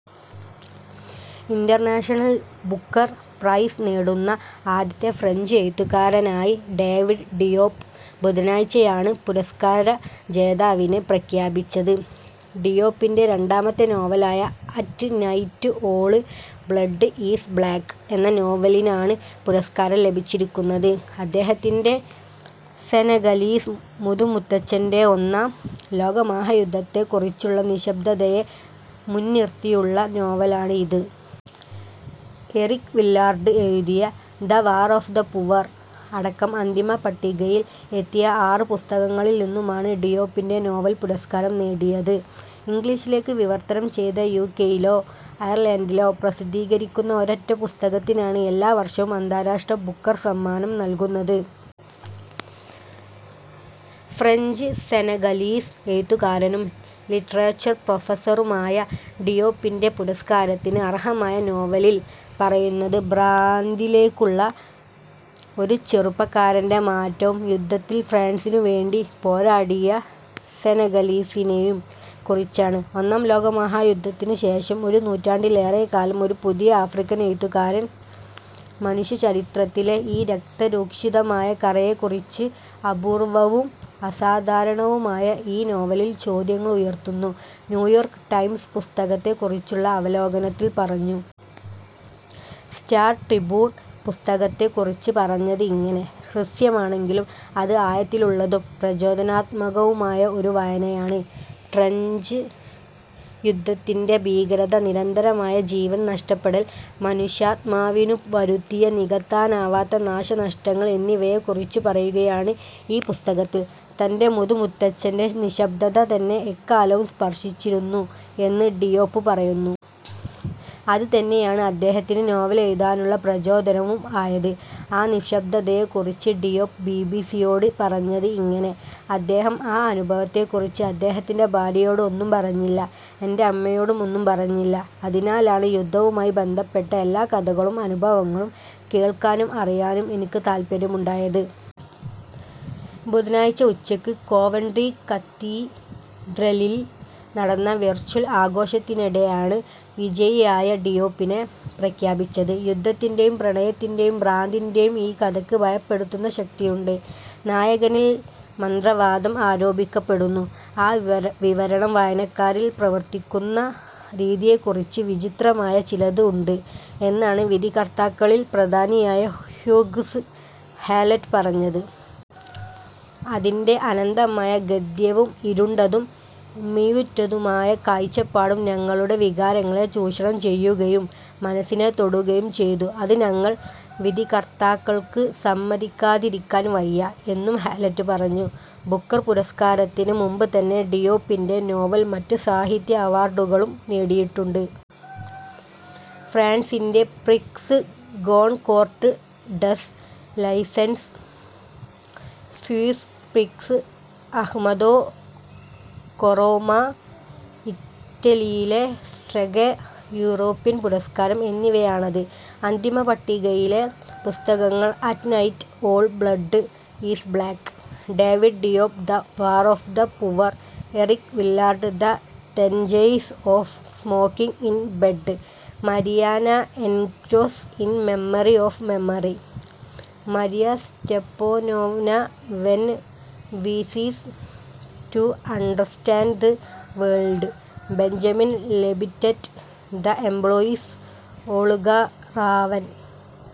International‍ Booker‍ Prize നേടുന്ന ആദ്യത്തെ French എഴുത്തുകാരനായി David Diop. ബുധനാഴ്ചയാണ് പുരസ്കാര ജേതാവിനെ പ്രഖ്യാപിച്ചത്. ഡിയോപിന്‍റെ രണ്ടാമത്തെ നോവലായ ' at night all blood is black ' എന്ന നോവലിനാണ് പുരസ്കാരം ലഭിച്ചിരിക്കുന്നത്. അദ്ദേഹത്തിന്‍റെ സെനഗലീസ് മുതുമുത്തച്ഛന്‍റെ, ഒന്നാം ലോക മഹായുദ്ധത്തെ കുറിച്ചുള്ള നിശബ്ദതയെ മുന്നിര്‍ത്തിയുള്ള നോവലാണ് ഇത്. എറിക് വില്ലാർഡ് എഴുതിയ ' the war of the poor ' അടക്കം അന്തിമപട്ടികയിൽ എത്തിയ ആറ് പുസ്തകങ്ങളിൽ നിന്നുമാണ് ഡിയോപിന്‍റെ നോവല്‍ പുരസ്കാരം നേടിയത്. ഇംഗ്ലീഷിലേക്ക് വിവർത്തനം ചെയ്ത് യുകെയിലോ അയർലൻഡിലോ പ്രസിദ്ധീകരിക്കുന്ന ഒരൊറ്റ പുസ്തകത്തിനാണ് എല്ലാ വർഷവും അന്താരാഷ്ട്ര ബുക്കർ സമ്മാനം നൽകുന്നത്. ഫ്രഞ്ച്-സെനഗലീസ് എഴുത്തുകാരനും ലിറ്ററേച്ചർ പ്രൊഫസറുമായ ഡിയോപിന്‍റെ, പുരസ്കാരത്തിന് അര്‍ഹമായ നോവലില്‍ പറയുന്നത് ഭ്രാന്തിലേക്കുള്ള ഒരു ചെറുപ്പക്കാരന്‍റെ മാറ്റവും യുദ്ധത്തില്‍ ഫ്രാന്‍സിനുവേണ്ടി പോരാടിയ സെനഗലീസിനെയും കുറിച്ചാണ്. ' ഒന്നാം ലോകമഹായുദ്ധത്തിന് ശേഷം ഒരു നൂറ്റാണ്ടിലേറെ കാലം- ഒരു പുതിയ ആഫ്രിക്കൻ എഴുത്തുകാരൻ മനുഷ്യചരിത്രത്തിലെ ഈ രക്തരൂക്ഷിതമായ കറയെക്കുറിച്ച് അപൂർവവും അസാധാരണവുമായ ഈ നോവലിൽ ചോദ്യങ്ങൾ ഉയര്‍ത്തുന്നു ' -ന്യൂയോർക്ക് ടൈംസ് പുസ്തകത്തെ കുറിച്ചുള്ള അവലോകനത്തിൽ പറഞ്ഞു. സ്റ്റാർ ട്രിബ്യൂൺ പുസ്തകത്തെ കുറിച്ച് പറഞ്ഞത് ഇങ്ങനെ: ' ഹ്രസ്വമാണെങ്കിലും, അത് ആഴത്തിലുള്ളതും പ്രചോദനാത്മകവുമായ ഒരു വായനയാണ്. ട്രെഞ്ച് യുദ്ധത്തിന്‍റെ ഭീകരത, നിരന്തരമായ ജീവൻ നഷ്ടപ്പെടൽ, മനുഷ്യാത്മാവിനു വരുത്തിയ നികത്താനാവാത്ത നാശനഷ്ടങ്ങൾ എന്നിവയെ കുറിച്ച് പറയുകയാണ് ഈ പുസ്തകത്തിൽ '. തന്‍റെ മുതുമുത്തച്ഛന്‍റെ നിശബ്ദത തന്നെ എക്കാലവും സ്പർശിച്ചിരുന്നു എന്ന് ഡിയോപ് പറയുന്നു. അത് തന്നെയാണ് അദ്ദേഹത്തിന് നോവലെഴുതാനുള്ള പ്രചോദനവും ആയത്. ആ നിശബ്ദതയെ കുറിച്ച് ഡിയോപ് ബിബിസിയോട് പറഞ്ഞത് ഇങ്ങനെ, ' അദ്ദേഹം ആ അനുഭവത്തെ കുറിച്ച് അദ്ദേഹത്തിന്‍റെ ഭാര്യയോട് ഒന്നും പറഞ്ഞില്ല, എന്‍റെ അമ്മയോടും ഒന്നും പറഞ്ഞില്ല. അതിനാലാണ് യുദ്ധവുമായി ബന്ധപ്പെട്ട എല്ലാ കഥകളും അനുഭവങ്ങളും കേള്‍ക്കാനും അറിയാനും എനിക്ക് താല്പര്യമുണ്ടായത്. ' ബുധനാഴ്ച ഉച്ചയ്ക്ക് കോവെൻട്രി കത്തീഡ്രലിൽ നടന്ന വെർച്വൽ ആഘോഷത്തിനിടെയാണ് വിജയിയായി ഡിയോപിനെ പ്രഖ്യാപിച്ചത്. ' യുദ്ധത്തിന്‍റെയും പ്രണയത്തിന്‍റെയും ഭ്രാന്തിന്‍റെയും ഈ കഥയ്ക്ക് ഭയപ്പെടുത്തുന്ന ശക്തിയുണ്ട്. നായകനിൽ മന്ത്രവാദം ആരോപിക്കപ്പെടുന്നു, ആ വിവരണം വായനക്കാരിൽ പ്രവർത്തിക്കുന്ന രീതിയെക്കുറിച്ച് വിചിത്രമായ ചിലത് ഉണ്ട് ' എന്നാണ് വിധികർത്താക്കളിൽ പ്രധാനിയായ ഹ്യൂഗ്സ് ഹാലറ്റ് പറഞ്ഞത്. ' അതിന്‍റെ അനന്തമായ ഗദ്യവും ഇരുണ്ടതും മിഴിവുറ്റതുമായ കാഴ്ചപ്പാടും ഞങ്ങളുടെ വികാരങ്ങളെ ചൂഷണം ചെയ്യുകയും മനസിനെ തൊടുകയും ചെയ്തു. അത് ഞങ്ങൾ വിധികർത്താക്കൾക്ക് സമ്മതിക്കാതിരിക്കാൻ വയ്യ ' എന്നും ഹാലറ്റ് പറഞ്ഞു. ബുക്കര്‍ പുരസ്കാരത്തിന് മുമ്പ് തന്നെ, ഡിയോപ്പിന്‍റെ നോവൽ മറ്റ് സാഹിത്യ അവാർഡുകളും നേടിയിട്ടുണ്ട്. ഫ്രാൻസിന്‍റെ ' Prix Goncourt des licence ',' Swiss Prix Ahmadou Kourouma ', ഇറ്റലിയിലെ ' സ്ട്രെഗ യൂറോപ്യൻ പുരസ്കാരം ' എന്നിവയാണത്. അന്തിമപട്ടികയിലെ പുസ്തകങ്ങൾ: at night all blood is black – David Diop the war of the poor – Eric Vuillard the dangers of smoking in‍ bed – Mariana Enriquez ഇന്‍ memory of memory – Maria Stepanova when വീ സീസ് to understand the World – Benjamin Labatut The Employees – Olga Raven.